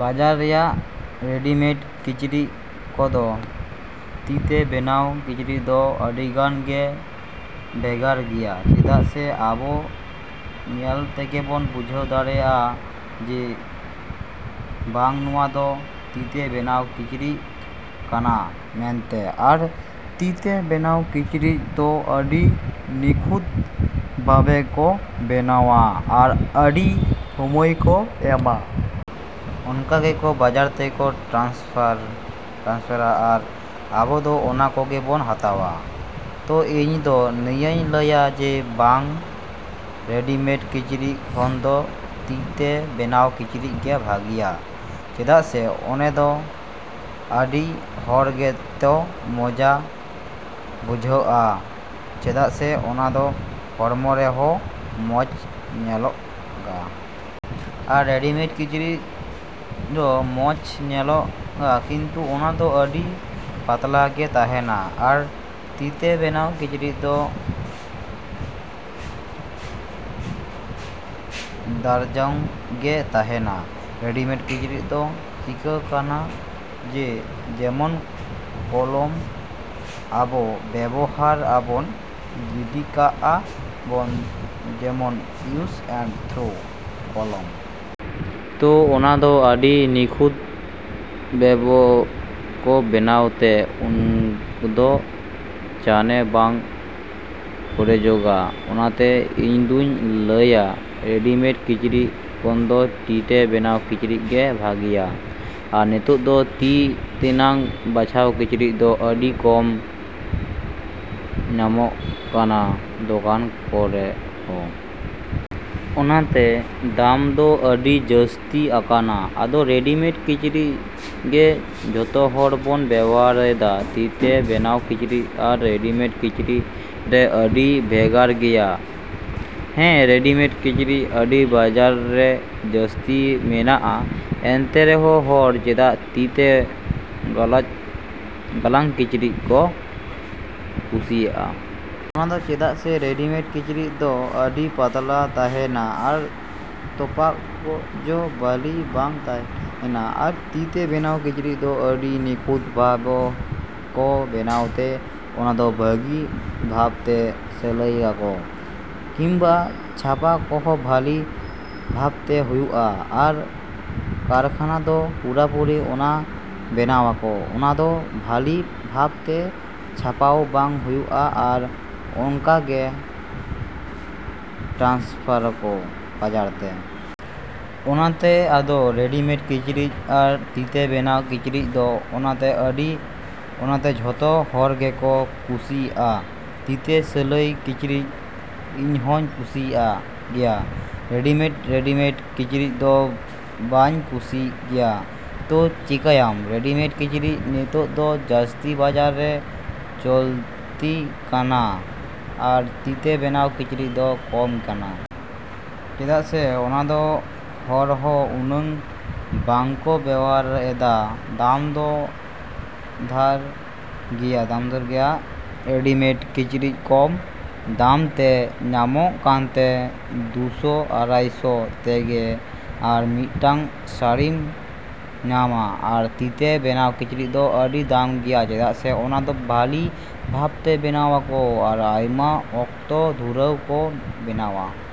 ᱵᱟᱡᱟᱨ ᱨᱮᱭᱟᱜ ᱨᱮᱰᱤᱢᱮᱰ ᱠᱤᱪᱨᱤᱡᱽ ᱠᱷᱚᱱᱫᱚ ᱛᱤᱛᱮ ᱵᱮᱱᱟᱣ ᱠᱤᱪᱨᱤᱡᱽᱫᱚ ᱟᱹᱰᱤᱜᱟᱱ ᱜᱮ ᱵᱷᱮᱜᱟᱨ ᱜᱮᱭᱟ᱾ ᱪᱮᱫᱟᱜ ᱥᱮ ᱟᱵᱚ ᱧᱮᱞ ᱛᱮᱜᱮᱵᱚᱱ ᱵᱩᱡᱷᱟᱹᱣ ᱫᱟᱲᱮᱭᱟᱜᱼᱟ ᱡᱮ ᱵᱟᱝ ᱱᱚᱣᱟᱫᱚ ᱛᱤᱛᱮ ᱵᱮᱱᱟᱣ ᱠᱤᱪᱨᱤᱡᱽ ᱠᱟᱱᱟ ᱢᱮᱱᱛᱮ᱾ ᱟᱨ ᱛᱤᱛᱮ ᱵᱮᱱᱟᱣ ᱠᱤᱪᱨᱤᱡᱽ ᱫᱚ ᱟᱹᱰᱤ ᱱᱤᱠᱷᱩᱛ ᱵᱷᱟᱵᱮᱠᱚ ᱵᱮᱱᱟᱣᱟ ᱟᱨ ᱟᱹᱰᱤ ᱥᱚᱢᱚᱭᱠᱚ ᱮᱢᱟ᱾ ᱚᱱᱠᱟᱜᱮᱠᱚ ᱵᱟᱡᱟᱨᱛᱮᱠᱚ ᱴᱨᱟᱱᱥᱯᱷᱟᱨᱟ᱾ ᱟᱨ ᱟᱵᱚᱫᱚ ᱚᱱᱟ ᱠᱚᱜᱮ ᱵᱚᱱ ᱦᱟᱛᱟᱣᱟ᱾ ᱛᱚ ᱤᱧᱫᱚ ᱱᱤᱭᱟᱹᱧ ᱞᱟᱹᱭᱟ ᱡᱮ ᱵᱟᱝ ᱨᱮᱰᱤᱢᱮᱰ ᱠᱤᱪᱨᱤᱡᱽ ᱠᱷᱚᱱᱫᱚ ᱛᱤᱛᱮ ᱵᱮᱱᱟᱣ ᱠᱤᱪᱨᱤᱡᱽᱜᱮ ᱵᱷᱟᱹᱜᱤᱭᱟ᱾ ᱪᱮᱫᱟᱜ ᱥᱮ ᱚᱱᱟᱫᱚ ᱟᱹᱰᱤ ᱦᱚᱨᱚᱜᱛᱮᱦᱚᱸ ᱢᱚᱡᱟ ᱵᱩᱡᱷᱟᱹᱜᱼᱟ᱾ ᱪᱮᱫᱟᱜ ᱥᱮ ᱚᱱᱟᱫᱚ ᱦᱚᱲᱢᱚᱨᱮ ᱦᱚᱸ ᱢᱚᱡᱽ ᱧᱮᱞᱚᱜᱼᱟ᱾ ᱟᱨ ᱨᱮᱰᱤᱢᱮᱰ ᱠᱤᱪᱨᱤᱡᱽᱦᱚᱸ ᱢᱚᱡᱽ ᱧᱮᱞᱚᱜᱼᱟ ᱠᱤᱱᱛᱩ ᱚᱱᱟᱫᱚ ᱟᱹᱰᱤ ᱯᱟᱛᱞᱟᱜᱮ ᱛᱟᱦᱮᱱᱟ᱾ ᱟᱨ ᱛᱤᱛᱮ ᱵᱮᱱᱟᱣ ᱠᱤᱪᱨᱤᱡᱽᱫᱚ ᱫᱟᱹᱨᱭᱟᱹᱧᱚᱜ ᱜᱮ ᱛᱟᱦᱮᱱᱟ᱾ ᱨᱮᱰᱤᱢᱮᱰ ᱠᱤᱪᱨᱤᱡᱽᱫᱚ ᱪᱤᱠᱟᱹᱜ ᱠᱟᱱᱟ ᱡᱮ ᱡᱮᱢᱚᱱ ᱠᱚᱞᱚᱢ ᱟᱵᱚ ᱵᱮᱵᱚᱦᱟᱨ ᱟᱵᱚᱱ ᱜᱤᱰᱤ ᱠᱟᱜ-ᱟ ᱵᱚᱱ, ᱡᱮᱢᱚᱱ ᱤᱭᱩᱡᱽᱼᱮᱱᱼᱛᱷᱚᱨᱳ ᱠᱚᱞᱚᱢ᱾ ᱛᱚ ᱚᱱᱟᱫᱚ ᱟᱹᱰᱤ ᱱᱤᱠᱷᱩᱛ ᱵᱷᱟᱵᱮᱠᱚ ᱵᱮᱱᱟᱣᱛᱮ ᱩᱱᱟᱹᱜᱫᱚ ᱪᱟᱬᱮ ᱵᱟᱝ ᱚᱲᱮᱡᱚᱜᱼᱟ᱾ ᱚᱱᱟᱛᱮ ᱤᱧᱫᱩᱧ ᱞᱟᱹᱭᱟ ᱨᱮᱰᱤᱢᱮᱰ ᱠᱤᱪᱨᱤᱡᱽ ᱠᱷᱚᱱᱫᱚ ᱛᱤᱛᱮ ᱵᱮᱱᱟᱣᱟᱜ ᱠᱤᱪᱨᱤᱡᱽᱜᱮ ᱵᱷᱟᱹᱜᱤᱭᱟ᱾ ᱟᱨ ᱱᱤᱛᱚᱜ ᱫᱚ ᱛᱤ ᱛᱮᱱᱟᱜ ᱵᱮᱱᱟᱣ ᱠᱤᱪᱨᱤᱡᱽ ᱫᱚ ᱟᱹᱰᱤ ᱠᱚᱢ ᱧᱟᱢᱚᱜ ᱠᱟᱱᱟ ᱫᱚᱠᱟᱱ ᱠᱚᱨᱮᱦᱚᱸ᱾ ᱚᱱᱟᱛᱮ ᱫᱟᱢᱦᱚᱸ ᱟᱹᱰᱤ ᱡᱟᱹᱥᱛᱤ ᱟᱠᱟᱱᱟ᱾ ᱟᱫᱚ ᱨᱮᱰᱤᱢᱮᱰ ᱠᱤᱪᱨᱤᱡᱽᱜᱮ ᱡᱚᱛᱚᱦᱚᱲ ᱵᱚᱱ ᱵᱮᱣᱦᱟᱨ ᱮᱫᱟ᱾ ᱛᱤᱛᱮ ᱵᱮᱱᱟᱣ ᱠᱤᱪᱨᱤᱡᱽ ᱟᱨ ᱨᱮᱰᱤᱢᱮᱰ ᱠᱤᱪᱨᱤᱡᱽᱨᱮ ᱟᱹᱰᱤ ᱵᱷᱮᱜᱟᱨ ᱜᱮᱭᱟ᱾ ᱦᱮᱸ, ᱨᱮᱰᱤᱢᱮᱰ ᱠᱤᱪᱨᱤᱡᱽ ᱟᱹᱰᱤ ᱵᱟᱡᱟᱨ ᱨᱮ ᱡᱟᱹᱥᱛᱤ ᱢᱮᱱᱟᱜᱼᱟ᱾ ᱮᱱᱛᱮ ᱨᱮᱦᱚᱸ ᱦᱚᱲ ᱪᱮᱫᱟᱜ ᱛᱤᱛᱮ ᱜᱟᱞᱟᱝ ᱠᱤᱪᱨᱤᱡᱽᱠᱚ ᱠᱩᱥᱤᱭᱟᱜᱼᱟ? ᱚᱱᱟᱫᱚ ᱪᱮᱫᱟᱜ ᱥᱮ ᱨᱮᱰᱤᱢᱮᱰ ᱠᱤᱪᱨᱤᱡᱽᱫᱚ ᱟᱹᱰᱤ ᱯᱟᱛᱞᱟᱜᱮ ᱛᱟᱦᱮᱱᱟ ᱟᱨ ᱛᱷᱚᱯᱟᱠᱚᱦᱚᱸ ᱵᱷᱟᱹᱞᱤ ᱵᱟᱝ ᱛᱟᱦᱮᱱᱟ᱾ ᱟᱨ ᱛᱤᱛᱮ ᱵᱮᱱᱟᱣᱟᱜ ᱠᱤᱪᱨᱤᱡᱽᱫᱚ ᱟᱹᱰᱤ ᱱᱤᱠᱷᱩᱛ ᱵᱷᱟᱵᱮᱠᱚ ᱵᱮᱱᱟᱣᱛᱮ ᱚᱱᱟᱫᱚ ᱵᱷᱟᱹᱜᱤ ᱵᱷᱟᱯᱛᱮ ᱥᱮᱞᱟᱭᱠᱚ ᱠᱤᱢᱵᱟ ᱪᱷᱟᱯᱟ ᱠᱚᱦᱚᱸ ᱵᱷᱟᱹᱞᱤ ᱵᱷᱟᱯᱛᱮ ᱦᱩᱭᱩᱜᱼᱟ᱾ ᱟᱨ ᱠᱟᱨᱠᱷᱟᱱᱟ ᱫᱚ ᱯᱩᱨᱟᱹᱯᱩᱨᱤ ᱚᱱᱟ ᱵᱮᱱᱟᱣᱟᱠᱚ, ᱚᱱᱟᱫᱚ ᱵᱷᱟᱹᱞᱤ ᱵᱷᱟᱯᱛᱮ ᱪᱷᱟᱯᱟᱦᱚᱸ ᱵᱟᱝ ᱦᱩᱭᱩᱜᱼᱟ ᱟᱨ ᱚᱱᱠᱟᱜᱮ ᱴᱨᱟᱱᱥᱯᱷᱟᱨᱟᱠᱚ ᱵᱟᱡᱟᱨᱛᱮ᱾ ᱚᱱᱟᱛᱮ ᱟᱫᱚ ᱨᱮᱰᱤᱢᱮᱰ ᱠᱤᱪᱨᱤᱡᱽ ᱟᱨ ᱛᱤᱛᱮ ᱵᱮᱱᱟᱣ ᱠᱤᱪᱨᱤᱡᱽᱫᱚ ᱚᱱᱟᱛᱮ ᱟᱹᱰᱤ ᱚᱱᱟᱛᱮ ᱡᱚᱛᱚ ᱦᱚᱲᱜᱮᱠᱚ ᱠᱩᱥᱤᱭᱟᱜ-ᱟ ᱛᱤᱛᱮ ᱥᱤᱞᱟᱭ ᱠᱤᱪᱨᱤᱡᱽ᱾ ᱤᱧᱦᱚᱸᱧ ᱠᱩᱥᱤᱭᱟᱜ ᱜᱮᱭᱟ ᱨᱮᱰᱤᱢᱮᱰ ᱨᱮᱰᱤᱢᱮᱰ ᱠᱤᱪᱨᱤᱡᱽᱫᱚ ᱵᱟᱹᱧ ᱠᱩᱥᱤᱭᱟᱜ ᱜᱮᱭᱟ᱾ ᱛᱚ ᱪᱮᱠᱟᱹᱭᱟᱢ? ᱨᱮᱰᱤᱢᱮᱰ ᱠᱤᱪᱨᱤᱡᱽ ᱱᱤᱛᱚᱜ ᱫᱚ ᱡᱟᱹᱥᱛᱤ ᱵᱟᱡᱟᱨ ᱨᱮ ᱪᱚᱞᱛᱤᱭ ᱟᱠᱟᱱᱟ ᱟᱨ ᱛᱤᱛᱮ ᱵᱮᱱᱟᱣ ᱠᱤᱪᱨᱤᱡᱽ ᱫᱚ ᱠᱚᱢᱚᱜ ᱠᱟᱱᱟ᱾ ᱪᱮᱫᱟᱜ ᱥᱮ ᱚᱱᱟᱫᱚ ᱦᱚᱲᱦᱚᱸ ᱩᱱᱟᱹᱜ ᱵᱟᱝᱠᱚ ᱵᱮᱣᱦᱟᱨ ᱮᱫᱟ, ᱫᱟᱢᱦᱚᱸ ᱰᱷᱮᱨ ᱜᱮᱭᱟ᱾ ᱟᱨ ᱨᱮᱰᱤᱢᱮᱰ ᱠᱤᱪᱨᱤᱡᱽ ᱠᱚᱢ ᱫᱟᱢᱛᱮ ᱧᱟᱢᱚᱜ ᱠᱟᱱᱛᱮ ᱫᱩᱥᱚ ᱟᱲᱟᱭᱥᱚ ᱛᱮᱜᱮ ᱟᱨ ᱢᱤᱫᱴᱟᱝ ᱥᱟᱲᱤᱢ ᱧᱟᱢᱟ᱾ ᱟᱨ ᱛᱤᱛᱮ ᱵᱮᱱᱟᱣ ᱠᱤᱪᱨᱤᱡᱽ ᱫᱚ ᱟᱹᱰᱤ ᱫᱟᱢ ᱜᱮᱭᱟ ᱪᱮᱫᱟᱜ ᱥᱮ ᱚᱱᱟᱫᱚ ᱵᱷᱟᱹᱞᱤ ᱵᱷᱟᱯᱛᱮ ᱵᱮᱱᱟᱣ ᱟᱠᱚ ᱟᱨ ᱟᱭᱢᱟ ᱚᱠᱛᱚ ᱫᱷᱩᱨᱟᱹᱣ ᱠᱚ ᱵᱮᱱᱟᱣᱟ᱾